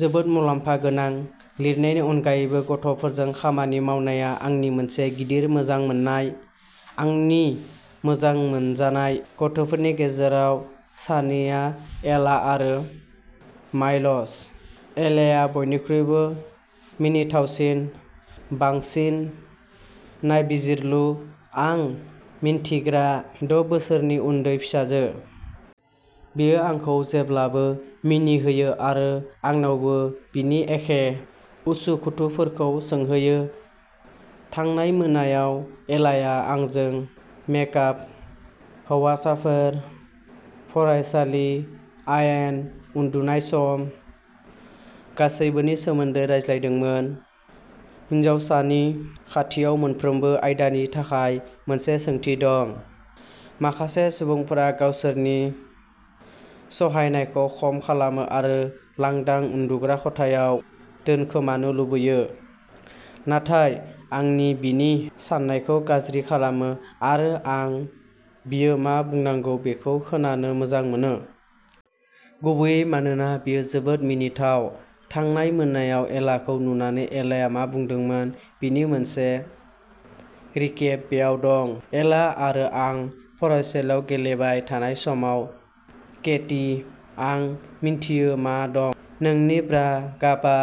जोबोद मुलाम्फा गोनां। लिरनायनि अनगायैबो, गथ'फोरजों खामानि मावनाया आंनि मोनसे गिदिर मोजां मोन्नाय। आंनि मोजां मोनजानाय गथ'फोरनि गेजेराव सानैआ एला आरो माइल्स। एलाआ बयनिख्रुइबो मिनिथावसिन, बांसिन नायबिजिरलु आं मिन्थिग्रा द' बोसोरनि उन्दै फिसाजो। बियो आंखौ जेब्लाबो मिनिहोयो आरो आंनावबो बिनि एखे उसु खुथुफोरखौ सोंहोयो। थांनाय मोनायाव, एलाया आंजों मेकआप, हौवासाफोर, फरायसालि, आयेन, उन्दुनाय सम, गासैबोनि सोमोन्दै रायज्लायदोंमोन। हिनजावसानि खाथियाव मोनफ्रोमबो आयदानि थाखाय मोनसे सोंथि दं। माखासे सुबुंफोरा गावसोरनि सहायनायखौ खम खालामो आरो लांदां उन्दुग्रा खथायाव दोनखोमानो लुबैयो, नाथाय आंनि बिनि साननायखौ गाज्रि खालामो आरो आं बियो मा बुंनांगौ बेखौ खोनानो मोजां मोनो। गुबैयै मानोना, बेयो जोबोद मिनिथाव। थांनाय मोनायाव एलाखौ नुनानै एलाया मा बुंदोंमोन बेनि मोनसे रिकेप बेयाव दं। एला आरो आं फरायसालियाव गेलेबाय थानाय समाव केटी, आं मिन्थियो मा दं। नोंनि ब्रा गाबआ,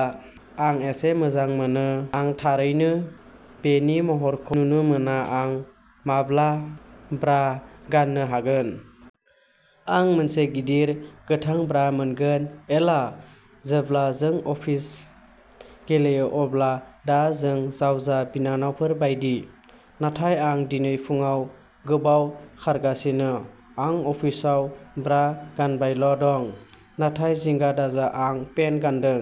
आं एसे मोजां मोनो, आं थारैनो बेनि महरखौ नुनो मोना आं माब्ला ब्रा गान्नो हागोन? आं मोनसे गिदिर, गोथां ब्रा मोनगोन। एला, जेब्ला जों अफिस गेलेयो अब्ला दा जों जावजा बिनानावफोर बायदि, नाथाय आं दिनै फुंआव गोबाव खारगासिनो, आं अफिसाव ब्रा गानबायल' दं। नाथाय जिंगा दाजा, आं पेन्ट गानदों।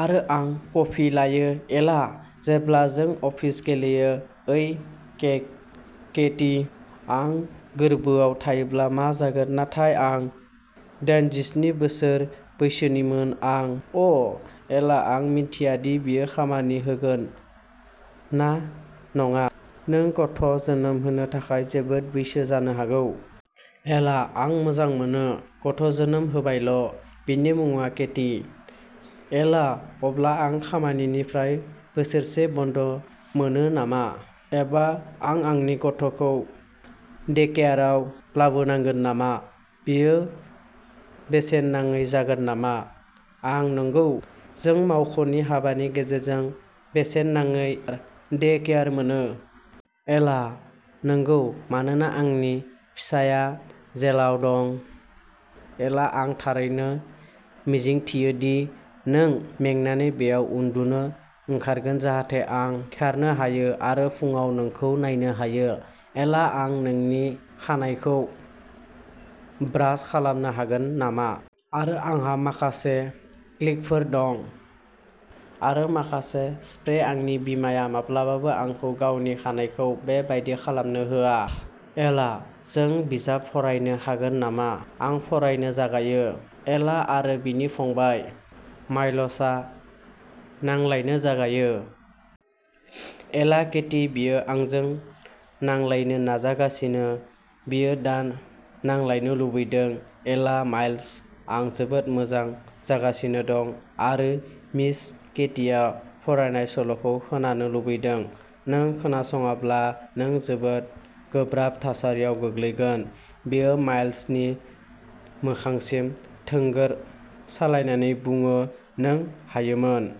आरो आं कफि लायो। एला, जेब्ला जों अफिस गेलेयो ओइ केक केटी, आं गोरबोआव थायोब्ला मा जागोन, नाथाय आं डियेनजिस्नि बोसोर बैसोनिमोन आं अ, एला, आं मिथिया दि बेयो खामानि होगोन ना नङा, नों गथ' जोनोम होनो थाखाय जोबोद बैसो जानो हागौ। एला आं मोजां मोनो, गथ' जोनोम होबायल'। बिनि मुङा केटी। एला अब्ला, आं खामानिनिफ्राय बोसोरसे बन्द मोनो नामा? एबा आं आंनि गथ'खौ डेकेयाराव लाबोनांगोन नामा? बेयो बेसेन नाङै जागोन नामा? आं नंगौ, जों मावख'नि हाबानि गेजेरजों बेसेन नाङै डे-केयार मोनो। एला नोंगौ, मानोना आंनि फिसायआ जेलाव दं एला आं थारैनो मिजिंथियो दि नों मेंनानै बेयाव उन्दुनो ओंखारगोन जाहाथे आं सिखारनो हायो आरो फुंआव नोंखौ नायनो हायो। एला आं नोंनि खानाइखौ ब्रास खालामनो हागोन नामा? आरो आंहा माखासे क्लिपफोर दं आरो माखासे स्प्रे आंनि बिमाया माब्लाबाबो आंखौ गावनि खानाइखौ बे बायदि खालामनो होआ। एला जों बिजाब फरायनो हागोन नामा? आं फरायनो जागायो। एला आरो बिनि फंबाय, माइल्सआ नांलायनो जागायो। एला केटी, बियो आंजों नांलायनो नाजागासिनो बियो दा नांलायनो लुबैदों। एला माइल्स, आं जोबोद मोजां जागासिनो दं आरो मिस केटीया फरायनाय सल'खौ खोनानो लुबैदों, नों खोनासङाब्ला नों जोबोद गोब्राब थासारियाव गोग्लैगोन बियो माइल्सनि मोखांसिम थोंगोर सालायनानै बुङो नों हायोमोन।